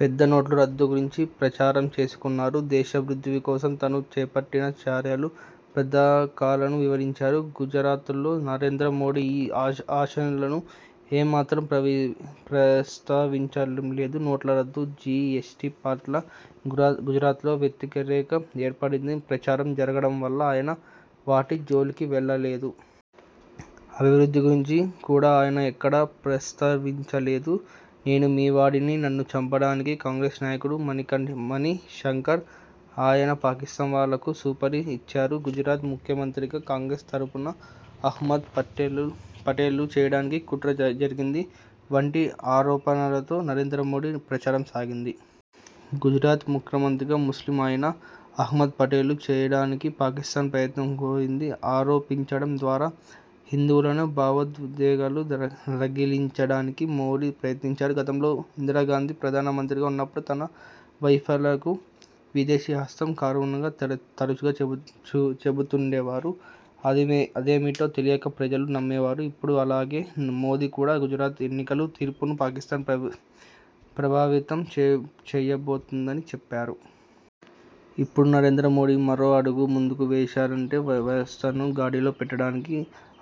పెద్ద నోట్ల రద్దు గురించి ప్రచారం చేసుకున్నారు. దేశాభివృద్ధి కోసం తాను చేపట్టిన చర్యలు, పథకాలను వివరించారు. గుజరాత్లో నరేంద్ర మోదీ ఈ అశాలను ఏ మాత్రం ప్రస్తావించలేదు. నోట్ల రద్దు, జీఎస్టీ పట్ల గుజరాత్లో వ్యతిరేకత ఏర్పడిందని ప్రచారం జరగడం వల్ల ఆయన వాటి జోలికి వెళ్లలేదు. అభివృద్ధి గురించి కూడా ఆయన ఎక్కడా ప్రస్తావించలేదు. 'నేను మీ వాడిని. నన్ను చంపడానికి కాంగ్రెస్ నాయకుడు మణిశంకర్ అయన పాకిస్తాన్ వాళ్లకు సుపారీ ఇచ్చారు. గుజరాత్ ముఖ్యమంత్రిగా కాంగ్రెస్ తరఫున అహ్మద్ పటేల్ను చేయడానికి కుట్ర జరిగింది' వంటి ఆరోపణలతో నరేంద్ర మోదీ ప్రచారం సాగింది. గుజరాత్ ముఖ్యమంత్రిగా ముస్లిం అయిన అహ్మద్ పటేల్ను చేయడానికి పాకిస్తాన్ ప్రయత్నిదని ఆరోపించడం ద్వారా హిందువులలో భావోద్వేగాలు రగిలించడానికి మోదీ ప్రయత్నించారు. గతంలో ఇందిరాగాంధీ ప్రధానమంత్రిగా ఉన్నప్పుడు తన వైఫల్యాలకు విదేశీ హస్తం కారణమని తరచుగా చెబుతుండేవారు. అదేమిటో తెలియక ప్రజలు నమ్మేవారు. ఇప్పుడు అలాగే మోదీ కూడా గుజరాత్ ఎన్నికల తీర్పును పాకిస్తాన్ ప్రభావితం చేయబోతోందని చెప్పారు. ఇప్పుడు నరేంద్ర మోదీ మరో అడుగు ముందుకు వేశారంతే! వ్యవస్థను గాడిలో పెట్టడానికి,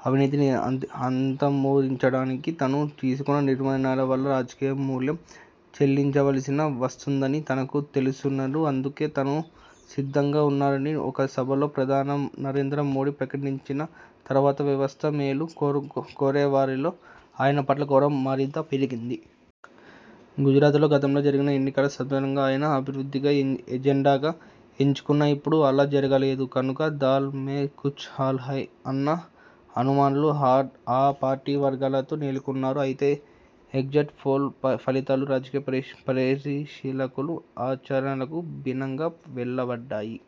అవినీతిని అంతమొందించడానికి తాను తీసుకున్న నిర్ణయాల వల్ల రాజకీయ మూల్యం చెల్లించవలసిన వస్తుందని తనకు తెలుసునని, అందుకు తాను సిద్ధంగా ఉన్నానని ఒక సభలో ప్రధాన నరేంద్ర మోదీ ప్రకటించిన తర్వాత వ్యవస్థ మేలు కోరేవారిలో ఆయన పట్ల గౌరవం మరింత పెరిగింది. గుజరాత్లో గతంలో జరిగిన ఎన్నికల సందర్భంగా ఆయన అభివృద్ధినే ఎజెండాగా ఎంచుకున్నారు. ఇప్పుడు అలా జరగలేదు కనుక 'దాల్ మే కుచ్ కాలా హై' అన్న అనుమానాలు ఆ పార్టీ వర్గాలలో నెలకొన్నాయి. అయితే ఎగ్జిట్ పోల్ ఫలితాలు రాజకీయ పరిశీలకుల అచరనాలకు భిన్నంగా వెలువడ్డాయి.